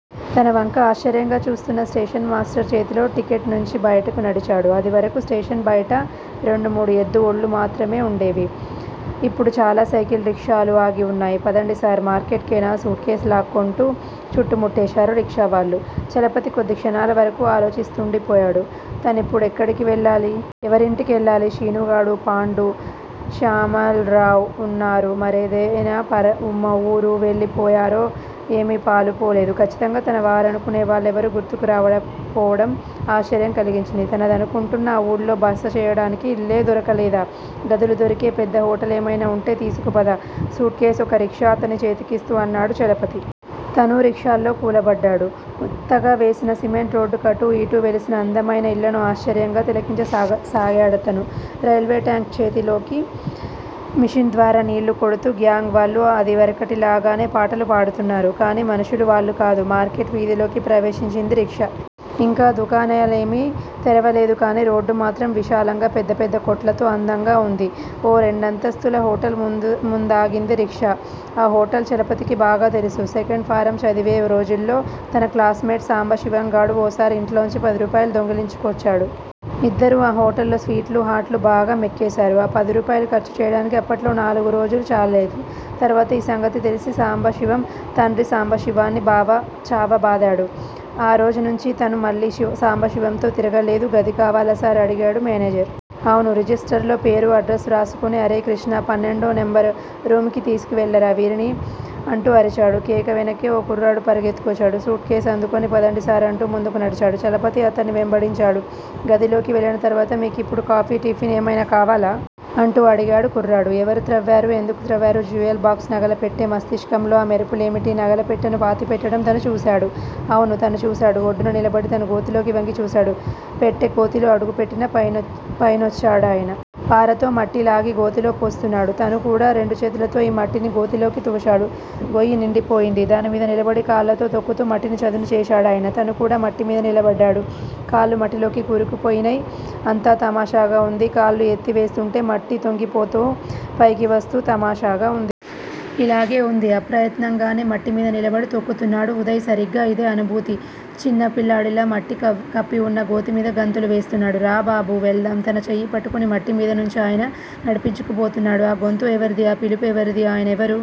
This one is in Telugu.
తన వంక ఆశ్చర్యంగా చూస్తున్న స్టేషన్ మాస్టర్ చేతిలో టిక్కెట్టుంచి బయటకు నడిచాడు. అదివరకు స్టేషన్ బయట రెండు మూడు ఎద్దు బళ్ళు మాత్రం ఉండేవి. ఇప్పుడు చాలా సైకిల్ రిక్షాలు ఆగివున్నాయి. పదండిసార్! మార్కెట్ కేనా? సూట్ కేస్ లాక్కొంటూ చుట్టుముట్టేశారు రిక్షావాళ్ళు. చలపతి కొద్దిక్షణాల వరకూ ఆలోచిస్తూండిపోయాడు తనిప్పుడెక్కడికి వెళ్ళాలి? ఎవరింటి కెళ్ళాలి? శీనుగాడూ, పాండూ, శ్యామల్రావూ ఉన్నారో, మరేదయినా ఊరు వెళ్ళిపోయారో? ఏమీ పాలుపోలేదు. ఖచ్చితంగా తన వారనుకొనేవాళ్ళెవరూ గుర్తురాక పోవడం ఆశ్చర్యం కలిగించింది. తనదనుకొంటున్న ఆ ఊళ్ళో బసచేయడానికి ఇల్లే దొరకలేదా? గదులు దొరికే పెద్ద హోటలేమయినా ఉంటే తీసుకుపద! సూట్ కేస్ ఒక రిక్షా అతని చేతికిస్తూ అన్నాడు చలపతి. తనూ రిక్షాలో కూలబడ్డాడు, కొత్తగా వేసిన సిమెంట్ రోడ్డు కటూ ఇటూ వెలిసిన అందమయిన ఇళ్ళను ఆశ్చర్యంగా తిలకించసాగాడతను. రైల్వేట్యాంక్ లోకి చేతి మిషన్ ద్వారా నీళ్ళు కొడుతూ గ్యాంగ్ వాళ్ళు అదివరకటిలాగానే పాటలు పాడుతున్నారు కానీ, మనుషులు వాళ్ళు కాదు. మార్కెట్ వీధిలోకి ప్రవేశించింది రిక్షా. ఇంకా దుకాణాలేమీ తెరవలేదు కానీ, రోడ్డుమాత్రం, విశాలంగా పెద్ద పెద్ద కొట్లతో అందంగా ఉంది. ఓ రెండంతస్తుల హోటల్ ముందాగింది రిక్షా. ఆ హోటల్ చలపతికి బాగా తెలుసు. సెకండ్ ఫారం చదివే రోజుల్లో తన క్లాస్ మేట్ సాంబశివంగాడు ఓసారి ఇంట్లోంచి పది రూపాయలు దొంగిలించుకొచ్చాడు. ఇద్దరూ ఆ హోటల్లో స్వీట్లు, హాట్లు బాగా మెక్కేసారు. ఆ పదిరూపాయలు ఖర్చు చేయటానికి అప్పట్లో నాలుగు రోజులు చాల్లేదు. తరువాత ఈ సంగతి తెలిసి సాంబశివం తండ్రి సాంబశివాన్ని చావబాదాడు. ఆ రోజునుంచీ తను మళ్ళీ సాంబశివంతో తిరగలేదు. గది కావాలా సార్? అడిగాడు మేనేజర్. అవును! రిజిస్టర్ లో పేరూ, అడ్రస్ వ్రాసుకొని, అరేయ్ కృష్టా! పన్నెండో నెంబరు రూముకి తీసుకెళ్ళరా వీరిని అంటూ అరిచాడు. కేక వెనకే ఓ కుర్రాడు పరుగెత్తుకొచ్చాడు. సూట్ కేస్ అందుకొని, పదండి సార్ అంటూ ముందుకి నడిచాడు. చలపతి అతన్ని వెంబడించాడు. గదిలోకి వెళ్ళిన తరువాత మీకు ఇప్పుడు కాఫీ, టిఫిన్ ఏమయినా కావాలా? అంటూ అడిగాడు కుర్రాడు. ఎవరు త్రవ్వారు? ఎందుకు త్రవ్వారు? Jewel box! నగల పెట్టె! మస్తిష్కంలొ ఈ మెరుపు లేమిటి? నగల పెట్టెను పాతిపెట్టడం తను చూశాడు. అవును! తను చూశాడు. ఒడ్డున నిలబడి తను గోతిలోకి వంగి చూశాడు. పెట్టె గోతిలో అడుగున పెట్టి__పైనొచ్చాడాయన! పారతో మట్టిలాగి గోతిలో పోస్తున్నాడు. తనుకూడా రెండుచేతులతో ఈ మట్టిని గోతిలోకి తోశాడు. గొయ్యి నిండిపోయింది. దానిమీద నిలబడి కాళ్ళతో తొక్కుతూ మట్టిని చదును చేశాడాయన. తనుకూడా మట్టిమీద నిలబడ్డాడు. కాళ్ళు మట్టిలోక కూరుకుపోయినై. అంతా తమాషాగా ఉంది. కాళ్ళు ఎత్తి వేస్తూంటే మట్టితోందిగిపోతూ- పైకి వస్తూ తమాషాగా ఉంది. ఇలాగే వుంది. అప్రయత్నం గానే మట్టిమీద నిలబడి తొక్కుతున్నాడు ఉదయ్ సరిగ్గా ఇదే అనుభూతి. చిన్నపిల్లవాడిలా మట్టి కప్పివున్న గోతిమీద గంతులు వేస్తున్నాడు. రా! బాబూ! వెళ్దాం తన చెయ్యిపట్టుకొని మట్టిమీది నుంచి ఆయన నడిపించుకుపోతున్నాడు. ఆ గొంతు ఎవరిది? ఆ పిలు పెవరిది? ఆయన ఎవరు?